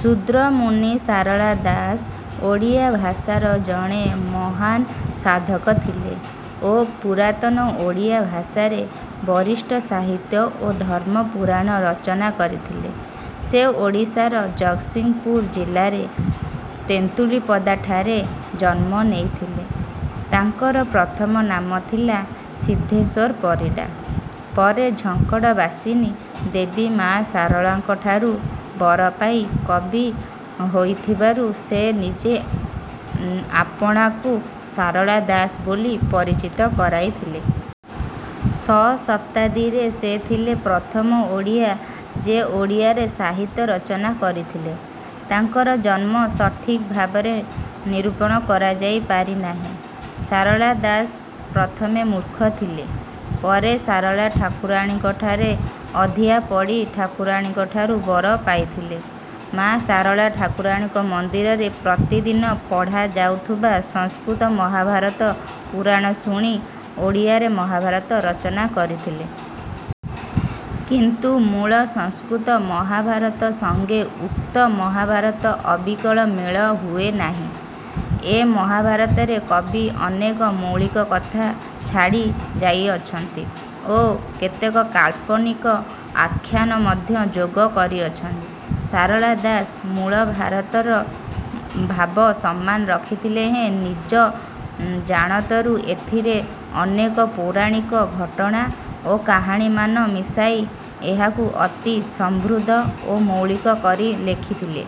ଶୂଦ୍ରମୁନି ସାରଳା ଦାସ ଓଡ଼ିଆ ଭାଷାର ଜଣେ ମହାନ ସାଧକ ଥିଲେ ଓ ପୁରାତନ ଓଡ଼ିଆ ଭାଷାରେ ବଳିଷ୍ଠ ସାହିତ୍ୟ ଓ ଧର୍ମ ପୁରାଣ ରଚନା କରିଥିଲେ। ସେ ଓଡ଼ିଶାର ଜଗତସିଂହପୁର ଜିଲ୍ଲାର "ତେନ୍ତୁଳିପଦା"ଠାରେ ଜନ୍ମ ନେଇଥିଲେ। ତାଙ୍କର ପ୍ରଥମ ନାମ ଥିଲା "ସିଦ୍ଧେଶ୍ୱର ପରିଡ଼ା", ପରେ ଝଙ୍କଡ ବାସିନୀ ଦେବୀ ମା ଶାରଳାଙ୍କଠାରୁ ବର ପାଇ କବି ହୋଇଥିବାରୁ ସେ ନିଜେ ଆପଣାକୁ 'ସାରଳା ଦାସ' ବୋଲି ପରିଚିତ କରାଇଥିଲେ। ଶ ଶତାବ୍ଦୀରେ ସେ ଥିଲେ ପ୍ରଥମ ଓଡ଼ିଆ ଯେ ଓଡ଼ିଆରେ ସାହିତ୍ୟ ରଚନା କରିଥିଲେ। ତାଙ୍କର ଜନ୍ମ ସଠିକ ଭାବରେ ନିରୂପଣ କରାଯାଇ ପାରି ନାହିଁ। ସାରଳା ଦାସ ପ୍ରଥମେ ମୂର୍ଖ ଥିଲେ; ପରେ ସାରଳା ଠାକୁରାଣୀଙ୍କଠାରେ ଅଧିଆ ପଡ଼ି ଠାକୁରାଣୀଙ୍କଠାରୁ ବର ପାଇଥିଲେ। ମା ଶାରଳା ଠାକୁରାଣୀଙ୍କ ମନ୍ଦିରରେ ପ୍ରତି ଦିନ ପଢ଼ା ଯାଉଥିବା ସଂସ୍କୃତ ମହାଭାରତ ପୁରାଣ ଶୁଣି ଓଡ଼ିଆରେ ମହାଭାରତ ରଚନା କରିଥିଲେ। କିନ୍ତୁ ମୂଳ ସଂସ୍କୃତ ମହାଭାରତ ସଙ୍ଗେ ଉକ୍ତ ମହାଭାରତ ଅବିକଳ ମେଳ ହୁଏ ନାହିଁ। ଏ ମହାଭାରତରେ କବି ଅନେକ ମୌଳିକ କଥା ଛାଡ଼ି ଯାଇଅଛନ୍ତି ଓ କେତେକ କାଳ୍ପନିକ ଆଖ୍ୟାନ ମଧ୍ୟ ଯୋଗ କରିଅଛନ୍ତି। ସାରଳା ଦାସ ମୂଳ ମହାଭାରତର ଭାବ ସମାନ ରଖିଥିଲେ ହେଁ ନିଜ ଜାଣତରୁ ଏଥିରେ ଅନେକ ପୌରାଣିକ ଘଟଣା ଓ କାହାଣୀମାନ ମିଶାଇ ଏହାକୁ ଅତି ସମୃଦ୍ଧ ଓ ମୌଳିକ କରି ଲେଖିଥିଲେ।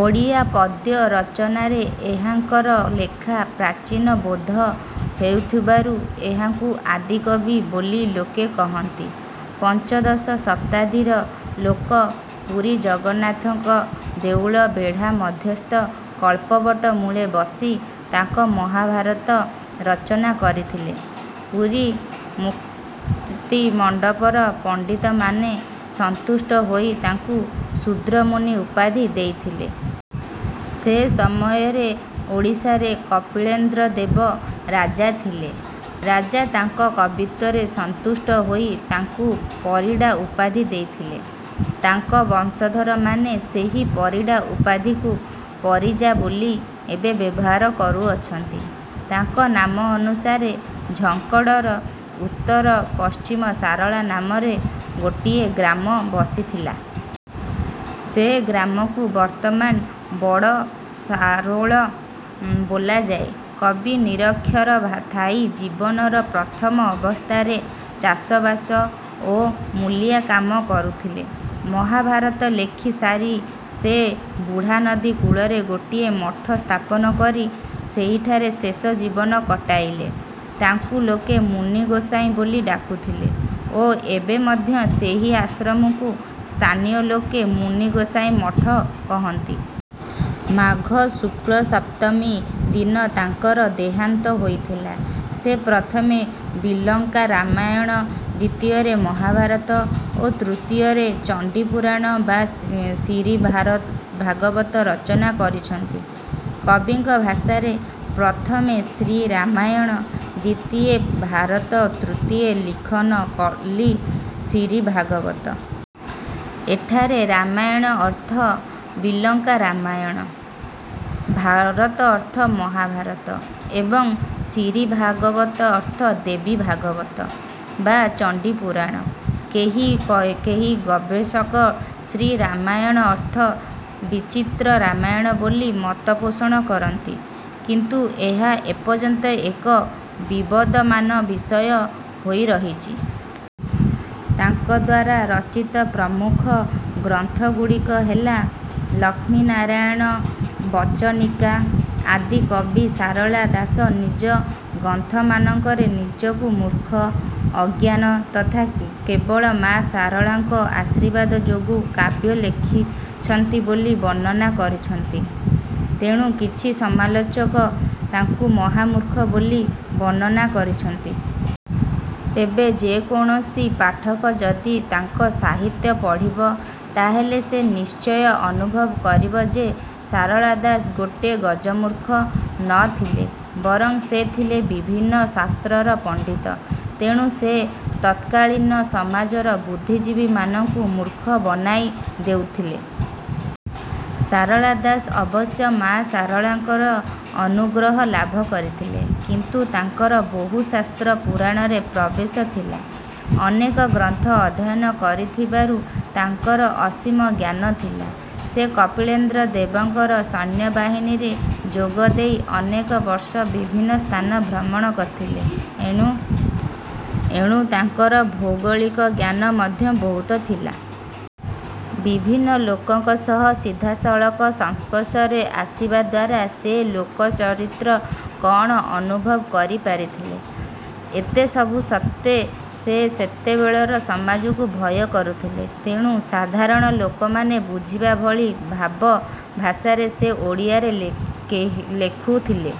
ଓଡ଼ିଆ ପଦ୍ୟ ରଚନାରେ ଏହାଙ୍କର ଲେଖା ପ୍ରାଚୀନ ବୋଧ ହେଉଥିବାରୁ ଏହାଙ୍କୁ ଆଦିକବି ବୋଲି ଲୋକେ କହନ୍ତି। ପଞ୍ଚଦଶ ଶତାବ୍ଦୀର ଲୋକ ପୁରୀ ଜଗନ୍ନାଥଙ୍କ ଦେଉଳ ବେଢା ମଧ୍ୟସ୍ଥ କଳ୍ପବଟ ମୂଳେ ବସି ତାଙ୍କ ମହାଭାରତ ରଚନା କରିଥିଲେ। ପୁରୀ ମୁକ୍ତିମଣ୍ଡପର ପଣ୍ଡିତମାନେ ସନ୍ତୁଷ୍ଟ ହୋଇ ତାଙ୍କୁ 'ଶୂଦ୍ରମୁନି' ଉପାଧି ଦେଇଥିଲେ। ସେ ସମୟରେ ଓଡ଼ିଶାରେ କପିଳେନ୍ଦ୍ର ଦେବ ରାଜା ଥିଲେ। ରାଜା ତାଙ୍କ କବିତ୍ୱରେ ସନ୍ତୁଷ୍ଟ ହୋଇ ତାଙ୍କୁ 'ପରିଡ଼ା' ଉପାଧି ଦେଇଥିଲେ। ତାଙ୍କ ବଂଶଧରମାନେ ସେହି 'ପରିଡ଼ା' ଉପାଧିକୁ 'ପରିଜା' ବୋଲି ଏବେ ବ୍ୟବହାର କରୁଅଛନ୍ତି। ତାଙ୍କ ନାମ ଅନୁସାରେ ଝଙ୍କଡ଼ର ଉତ୍ତର-ପଶ୍ଚିମରେ 'ସାରଳା' ନାମରେ ଗୋଟିଏ଼ ଗ୍ରାମ ବସିଥିଲା। ସେ ଗ୍ରାମକୁ ବର୍ତ୍ତମାନ 'ବଡ଼ ସାରୋଳ' ବୋଲାଯାଏ। କବି ନିରକ୍ଷର ଥାଇ ଜୀବନର ପ୍ରଥମ ଅବସ୍ଥାରେ ଚାଷବାସ ଓ ମୂଲିଆ କାମ କରୁଥିଲେ। ମହାଭାରତ ଲେଖି ସାରି ସେ ବୁଢ଼ାନଦୀ କୂଳରେ ଗୋଟିଏ ମଠ ସ୍ଥାପନ କରି ସେହିଠାରେ ଶେଷ ଜୀବନ କଟାଇଲେ। ତାଙ୍କୁ ଲୋକେ 'ମୁନିଗୋସାଇଁ' ବୋଲି ଡାକୁଥିଲେ ଓ ଏବେ ମଧ୍ୟ ସେହି ଆଶ୍ରମକୁ ସ୍ଥାନୀୟ ଲୋକେ ମୁନି ଗୋସାଈଁ ମଠ କହନ୍ତି। ମାଘ ଶୁକ୍ଳ ସପ୍ତମୀ ଦିନ ତାଙ୍କର ଦେହାନ୍ତ ହୋଇଥିଲା। ସେ ପ୍ରଥମେ ବିଲଙ୍କା ରାମାୟଣ, ଦ୍ୱିତୀୟରେ ମହାଭାରତ ଓ ତୃତୀୟରେ ଚଣ୍ଡୀପୁରାଣ ବା ଶିରୀ ଭାଗବତ ରଚନା କରିଛନ୍ତି। କବିଙ୍କ ଭାଷାରେ:- "ପ୍ରଥମେ ଶ୍ରୀ ରାମାୟଣ ଦ୍ୱିତୀୟେ ଭାରତ ତୃତୀୟେ ଲିଖନ କଲି ଶିରୀ ଭାଗବତ"। ଏଠାରେ ରାମାୟଣ ଅର୍ଥ 'ବିଲଙ୍କା ରାମାୟଣ', ଭାରତ ଅର୍ଥ 'ମହାଭାରତ' ଏବଂ ଶିରୀ ଭାଗବତ ଅର୍ଥ 'ଦେବୀ ଭାଗବତ' ବା 'ଚଣ୍ଡୀପୁରାଣ'। କେହି କେହି ଗବେଷକ ଶ୍ରୀ ରାମାୟଣ ଅର୍ଥ ବିଚିତ୍ର ରାମାୟଣ ବୋଲି ମତପୋଷଣ କରନ୍ତି। କିନ୍ତୁ ଏହା ଏପର୍ଯ୍ୟନ୍ତ ଏକ ବିବଦମାନ ବିଷୟ ହୋଇରହିଛି। ତାଙ୍କଦ୍ୱାରା ରଚିତ ପ୍ରମୁଖ ଗ୍ରନ୍ଥଗୁଡିକ ହେଲା:- ଲକ୍ଷ୍ମୀନାରାୟଣ ବଚନିକା ଆଦିକବି ଶାରଳା ଦାସ ନିଜ ଗ୍ରନ୍ଥମାନଙ୍କରେ ନିଜକୁ ମୁର୍ଖ, ଅଜ୍ଞାନ ତଥା କେବଳ ମା ଶାରଳାଙ୍କ ଆଶୀର୍ବାଦ ଯୋଗୁ କାବ୍ୟ ଲେଖିଛ୍ହନ୍ତି ବୋଲି ବର୍ଣ୍ଣନା କରିଛନ୍ତି; ତେଣୁ କିଛି ସମାଲୋଚକ ତାଙ୍କୁ ମହାମୁର୍ଖ ବୋଲି ବର୍ଣ୍ଣନା କରିଛନ୍ତି। ତେବେ ଯେକୌଣସି ପାଠକ ଯଦି ତାଙ୍କ ସାହିତ୍ୟ ପଢ଼ିବ, ତାହାହେଲେ ସେ ନିଶ୍ଚୟ ଅନୁଭବ କରିବ ଯେ ଶାରଳା ଦାସ ମୋଟେ ଗଜମୁର୍ଖ ନ ଥିଲେ। ବରଂ ସେ ଥିଲେ ବିଭିନ୍ନ ଶାସ୍ତ୍ରର ପଣ୍ଡିତ, ତେଣୁ ସେ ତତ୍କାଳୀନ ସମାଜର ବୁଦ୍ଧିଜୀବିମାନଙ୍କୁ ମୂର୍ଖ ବନାଇ ଦେଉଥିଲେ। ଶାରଳା ଦାସ ଅବଶ୍ୟ ମା ଶାରଳାଙ୍କର ଅନୁଗ୍ରହ ଲାଭ କରିଥିଲେ, କିନ୍ତୁ ତାଙ୍କର ବହୁ ଶାସ୍ତ୍ର ପୁରାଣରେ ପ୍ରବେଶ ଥିଲା। ଅନେକ ଗ୍ରନ୍ଥ ଅଧ୍ୟୟନ କରିଥିବାରୁ ତାଙ୍କର ଅସୀମ ଜ୍ଞାନ ଥିଲା। ସେ କପିଳେନ୍ଦ୍ରଦେବଙ୍କର ସୈନ୍ୟବାହିନୀରେ ଯୋଗଦେଇ ଅନେକବର୍ଷ ବିଭିନ୍ନ ସ୍ଥାନ ଭ୍ରମଣ କରିଥିଲେ, ଏଣୁ ତାଙ୍କର ଭୌଗଳିକ ଜ୍ଞାନ ମଧ୍ୟ ବହୁତ ଥିଲା। ବିଭିନ୍ନ ଲୋକଙ୍କ ସହ ସିଧାସଳଖ ସଂସ୍ପର୍ଶରେ ଆସିବାଦ୍ୱାରା ସେ ଲୋକଚରିତ୍ର କଣ ଅନୁଭବ କରିପାରିଥିଲେ। ଏତେ ସବୁ ସତ୍ତ୍ୱେ ସେ ସେତେବେଳର ସମାଜକୁ ଭୟ କରୁଥିଲେ, ତେଣୁ ସାଧାରଣ ଲୋକମାନେ ବୁଝିବା ଭଳି ଭାବ ଭାଷାରେ ସେ ଓଡ଼ିଆରେ କେଖୁଥିଲେ।